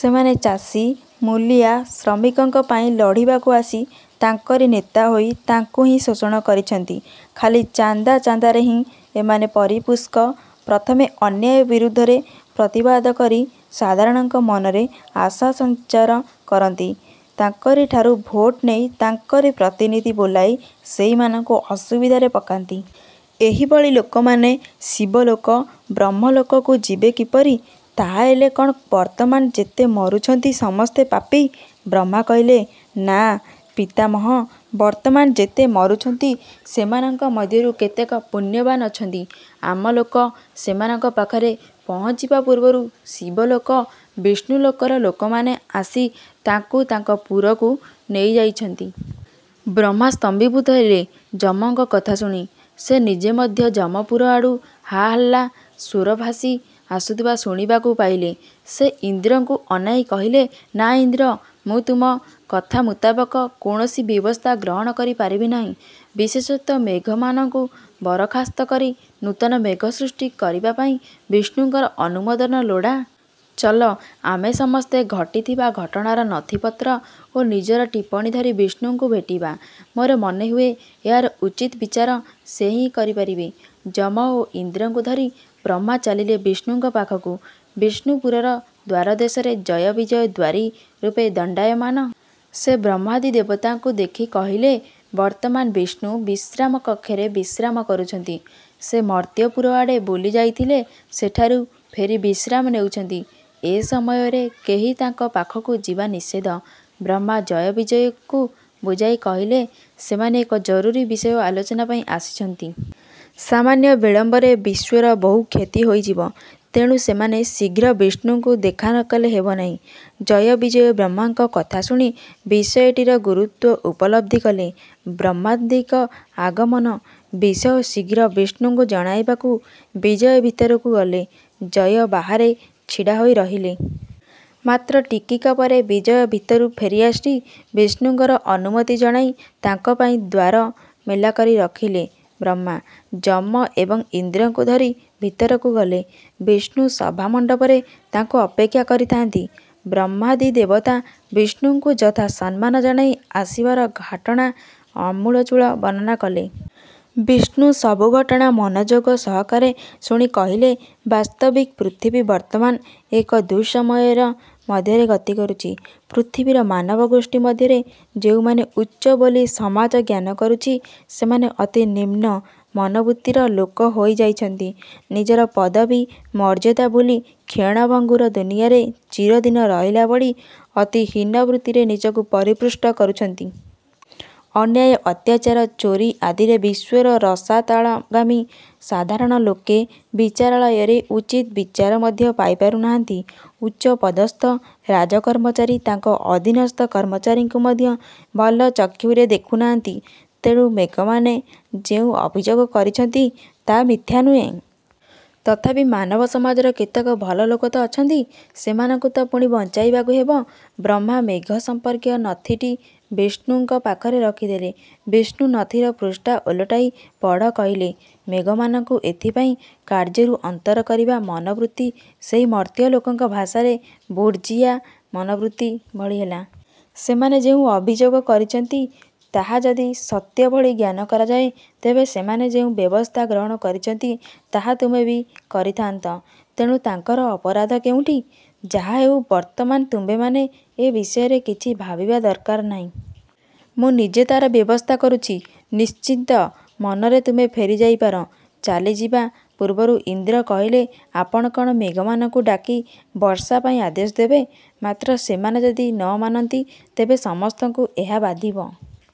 ସେମାନେ ଚାଷୀ, ମୂଲିଆ, ଶ୍ରମିକଙ୍କ ପାଇଁ ଲଢ଼ିବାକୁ ଆସି ତାଙ୍କରି ନେତା ହୋଇ ତାଙ୍କୁ ହିଁ ଶୋଷଣ କରିଛନ୍ତି। ଖାଲି ଚାନ୍ଦା–ଚାନ୍ଦାରେ ହିଁ ଏମାନେ ପରିପୁଷ୍କ। ପ୍ରଥମେ ଅନ୍ୟାୟ ବିରୁଦ୍ଧରେ ପ୍ରତିବାଦକରି ସାଧାରଣଙ୍କ ମନରେ ଆଶାସଞ୍ଚାର କରନ୍ତି। ତାଙ୍କରିଠାରୁ ଭୋଟ ନେଇ ତାଙ୍କରି ପ୍ରତିନିଧ ବୋଲାଇ ସେହିମାନଙ୍କୁ ଅସୁବିଧାରେ ପକାନ୍ତି। ଏହିଭଳି ଲୋକମାନେ ଶିବଲୋକ ବ୍ରହ୍ମ ଲୋକକୁ ଯିବେ କିପରି? ତାହା ହେଲେ କଣ ବର୍ତ୍ତମାନ ଯେତେ ମରୁଛନ୍ତି ସମସ୍ତେ ପାପୀ? ବ୍ରହ୍ମା କହିଲେ। ନା ପିତାମହ ବର୍ତ୍ତମାନ ଯେତେ ମରୁଛନ୍ତି ସେମାନଙ୍କ ମଧ୍ୟରୁ କେତେକ ପୂଣ୍ୟବାନ ଅଛନ୍ତି। ଆମଲୋକ ସେମାନଙ୍କ ପାଖରେ ପହଞ୍ଚିବା ପୂର୍ବରୁ ଶିବ ଲୋକ ବିଷ୍ଣୁ ଲୋକର ଲୋକମାନେ ଆସି ତାଙ୍କୁ ତାଙ୍କ ପୁରକୁ ନେଇ ଯାଇଛନ୍ତି। ବ୍ରହ୍ମା ସ୍ତମ୍ଭୀଭୂତ ହେଲେ ଯମଙ୍କ କଥାଶୁଣି। ସେ ନିଜେ ମଧ୍ୟ ଯମପୁର ଆଡ଼ୁ ହା ହଲ୍ଲା ସ୍ୱର ଭାଷି ଆସୁଥିବା ଶୁଣିବାକୁ ପାଇଲେ। ସେ ଇନ୍ଦ୍ରଙ୍କୁ ଅନାଇ କହିଲେ, ନା ଇନ୍ଦ୍ର। ମୁଁ ତୁମ କଥା ମୁତାବକ କୌଣସି ବ୍ୟବସ୍ଥା ଗ୍ରହଣକରି ପାରିବି ନାହିଁ। ବିଶେଷତଃ ମେଘମାନଙ୍କୁ ବରଖାସ୍ତକରି ନୂତନ ମେଘ ସୃଷ୍ଟି କରିବାପାଇଁ ବିଷ୍ଣୁଙ୍କର ଅନୁମୋଦନ ଲୋଡ଼ା। ଚଲ ଆମେ ସମସ୍ତେ ଘଟିଥିବା ଘଟଣାର ନଥିପତ୍ର ଓ ନିଜର ଟିପଣୀଧରି ବିଷ୍ଣୁଙ୍କୁ ଭେଟିବା। ମୋର ମନେହୁଏ ଏହାର ଉଚିତ ବିଚାର ସେ ହିଁ କରି ପାରିବେ। ଯମ ଓ ଇନ୍ଦ୍ରଙ୍କୁ ଧରି ବ୍ରହ୍ମା ଚାଲିଲେ ବିଷ୍ଣୁଙ୍କ ପାଖକୁ। ବିଷ୍ଣୁ ପୁରର ଦ୍ୱାର ଦେଶରେ ଜୟ ବିଜୟ ଦ୍ୱାରୀ ରୂପେ ଦଣ୍ଡାୟମାନ। ସେ ବ୍ରହ୍ମାଦି ଦେବତାଙ୍କୁ ଦେଖି କହିଲେ, ବର୍ତ୍ତମାନ ବିଷ୍ଣୁ ବିଶ୍ରାମ କକ୍ଷରେ ବିଶ୍ରାମ କରୁଛନ୍ତି। ସେ ମର୍ତ୍ତ୍ୟପୁର ଆଡ଼େ ବୁଲି ଯାଇଥିଲେ। ସେଠାରୁ ଫେରି ବିଶ୍ରାମ ନେଉଛନ୍ତି। ଏ ସମୟରେ କେହି ତାଙ୍କ ପାଖକୁ ଯିବା ନିଷେଧ। ବ୍ରହ୍ମା ଜୟ ବିଜୟଙ୍କୁ ବୁଝାଇ କହିଲେ ସେମାନେ ଏକ ଜରୁରୀ ବିଷୟ ଆଲୋଚନା ପାଇଁ ଆସିଛନ୍ତି। ସାମାନ୍ୟ ବିଳମ୍ୱରେ ବିଶ୍ୱର ବହୁକ୍ଷତି ହୋଇଯିବ। ତେଣୁ ସେମାନେ ଶୀଘ୍ର ବିଷ୍ଣୁଙ୍କୁ ଦେଖା ନକଲେ ହେବ ନାହିଁ। ଜୟ ବିଜୟ ବ୍ରହ୍ମାଙ୍କ କଥା ଶୁଣି ବିଷୟଟିର ଗୁରୁତ୍ୱ ଉପଲବ୍ଧି କଲେ। ବ୍ରହ୍ମାଦିଙ୍କ ଆଗମନ ବିଷୟ ଶୀଘ୍ର ବିଷ୍ଣୁଙ୍କୁ ଜଣାଇବାକୁ ବିଜୟ ଭିତରକୁ ଗଲେ। ଜୟ ବାହାରେ ଛିଡ଼ାହୋଇ ରହିଲେ। ମାତ୍ର ଟିକିକ ପରେ ବିଜୟ ଭିତରୁ ଫେରି ଆସି ବିଷ୍ଣୁଙ୍କର ଅନୁମତି ଜଣାଇ ତାଙ୍କ ପାଇଁ ଦ୍ୱାର ମେଲାକରି ରଖିଲେ। ବ୍ରହ୍ମା, ଯମ ଏବଂ ଇନ୍ଦ୍ରଙ୍କୁ ଧରି ଭିତରକୁ ଗଲେ। ବିଷ୍ଣୁ ସଭା ମଣ୍ଡପରେ ତାଙ୍କୁ ଅପେକ୍ଷା କରିଥାନ୍ତି। ବ୍ରହ୍ମାଦି ଦେବତା ବିଷ୍ଣୁଙ୍କୁ ଯଥା ସମ୍ମାନ ଜଣାଇ ଆସିବାର ଘାଟଣା ଆମୁଳ ଚୂଳ ବର୍ଣ୍ଣନା କଲେ। ବିଷ୍ଣୁ ସବୁ ଘଟଣା ମନଯୋଗ ସହକାରେ ଶୁଣି କହିଲେ, ବାସ୍ତବିକ୍ ପୃଥିବୀ ବର୍ତ୍ତମାନ ଏକ ଦୁଃସମୟର ମଧ୍ୟରେ ଗତିକରୁଛି। ପୃଥିବୀର ମାନବ ଗୋଷ୍ଠି ମଧ୍ୟରେ ଯେଉଁମାନେ ଉଚ୍ଚ ବୋଲି ସମାଜ ଜ୍ଞାନକରୁଛି ସେମାନେ ଅତି ନିମ୍ନ ମନବୃତ୍ତିର ଲୋକ ହୋଇ ଯାଇଛନ୍ତି। ନିଜର ପଦବୀ ମର୍ଯ୍ୟାଦା ଭୁଲି କ୍ଷଣଭଙ୍ଗୁର ଦୁନିଆଁରେ ଚିରଦିନ ରହିଲାଭଳି ଅତି ହୀନବୃତ୍ତିରେ ନିଜକୁ ପରିପୁଷ୍ଟ କରୁଛନ୍ତି। ଅନ୍ୟାୟ ଅତ୍ୟାଚାର ଚୋରୀ ଆଦିରେ ବିଶ୍ୱର ରସାତଳଗାମୀ। ସାଧାରଣ ଲୋକେ ବିଚାରାଳୟରେ ଉଚିତ ବିଚାର ମଧ୍ୟ ପାଇପାରୁ ନାହାଁନ୍ତି। ଉଚ୍ଚ ପଦସ୍ଥ ରାଜ କର୍ମଚାରୀ ତାଙ୍କ ଅଧୀନସ୍ଥ କର୍ମଚାରୀଙ୍କୁ ମଧ୍ୟ ଭଲ ଚକ୍ଷୁରେ ଦେଖୁ ନାହାନ୍ତି। ତେଣୁ ମେଘମାନେ ଯେଉଁ ଅଭିଯୋଗ କରିଛନ୍ତି ତାହା ମିଥ୍ୟା ନୁହେଁ। ତଥାପି ମାନବ ସମାଜର କେତେକ ଭଲ ଲୋକତ ଅଛନ୍ତି? ସେମାନଙ୍କୁ ତ ପୁଣି ବଞ୍ଚାଇବାକୁ ହେବ। ବ୍ରହ୍ମା ମେଘ ସଂପର୍କୀୟ ନଥିଟି ବିଷ୍ଣୁଙ୍କ ପାଖରେ ରଖିଦେଲେ। ବିଷ୍ଣୁ ନଥିର ପୃଷ୍ଠା ଓଲଟାଇ ପଢ଼ କହିଲେ, ମେଘମାନଙ୍କୁ ଏଥିପାଇଁ କାର୍ଯ୍ୟରୁ ଅନ୍ତର କରିବା ମନବୃତ୍ତି ସେହି ମର୍ତ୍ତ୍ୟ ଲୋକଙ୍କ ଭାଷାରେ ବୁର୍ଜୀୟା ମନବୃତ୍ତି ଭଳି ହେଲା। ସେମାନେ ଯେଉଁ ଅଭିଯୋଗ କରିଛନ୍ତି ତାହା ଯଦି ସତ୍ୟଭଳି ଜ୍ଞାନ କରାଯାଏ, ତେବେ ସେମାନେ ଯେଉଁ ବ୍ୟବସ୍ଥା ଗ୍ରହଣ କରିଛନ୍ତି ତାହା ତୁମେ ବି କରିଥାନ୍ତ। ତେଣୁ ତାଙ୍କର ଅପରାଧ କେଉଁଠି? ଯାହା ହେଉ ବର୍ତ୍ତମାନ ତୁମ୍ଭେମାନେ ଏ ବିଷୟରେ କିଛି ଭାବିବା ଦରକାର ନାହିଁ। ମୁଁ ନିଜେ ତାର ବ୍ୟବସ୍ଥା କରୁଛି। ନିଶ୍ଚିନ୍ତ ମନରେ ତୁମେ ଫେରି ଯାଇପାର। ଚାଲିଯିବା ପୂର୍ବରୁ ଇନ୍ଦ୍ର କହିଲେ ଆପଣ କଣ ମେଘମାନଙ୍କୁ ଡାକି ବର୍ଷାପାଇଁ ଆଦେଶ ଦେବେ। ମାତ୍ର ସେମାନେ ଯଦି ନମାନନ୍ତି ତେବେ ସମସ୍ତଙ୍କୁ ଏହା ବାଧିବ।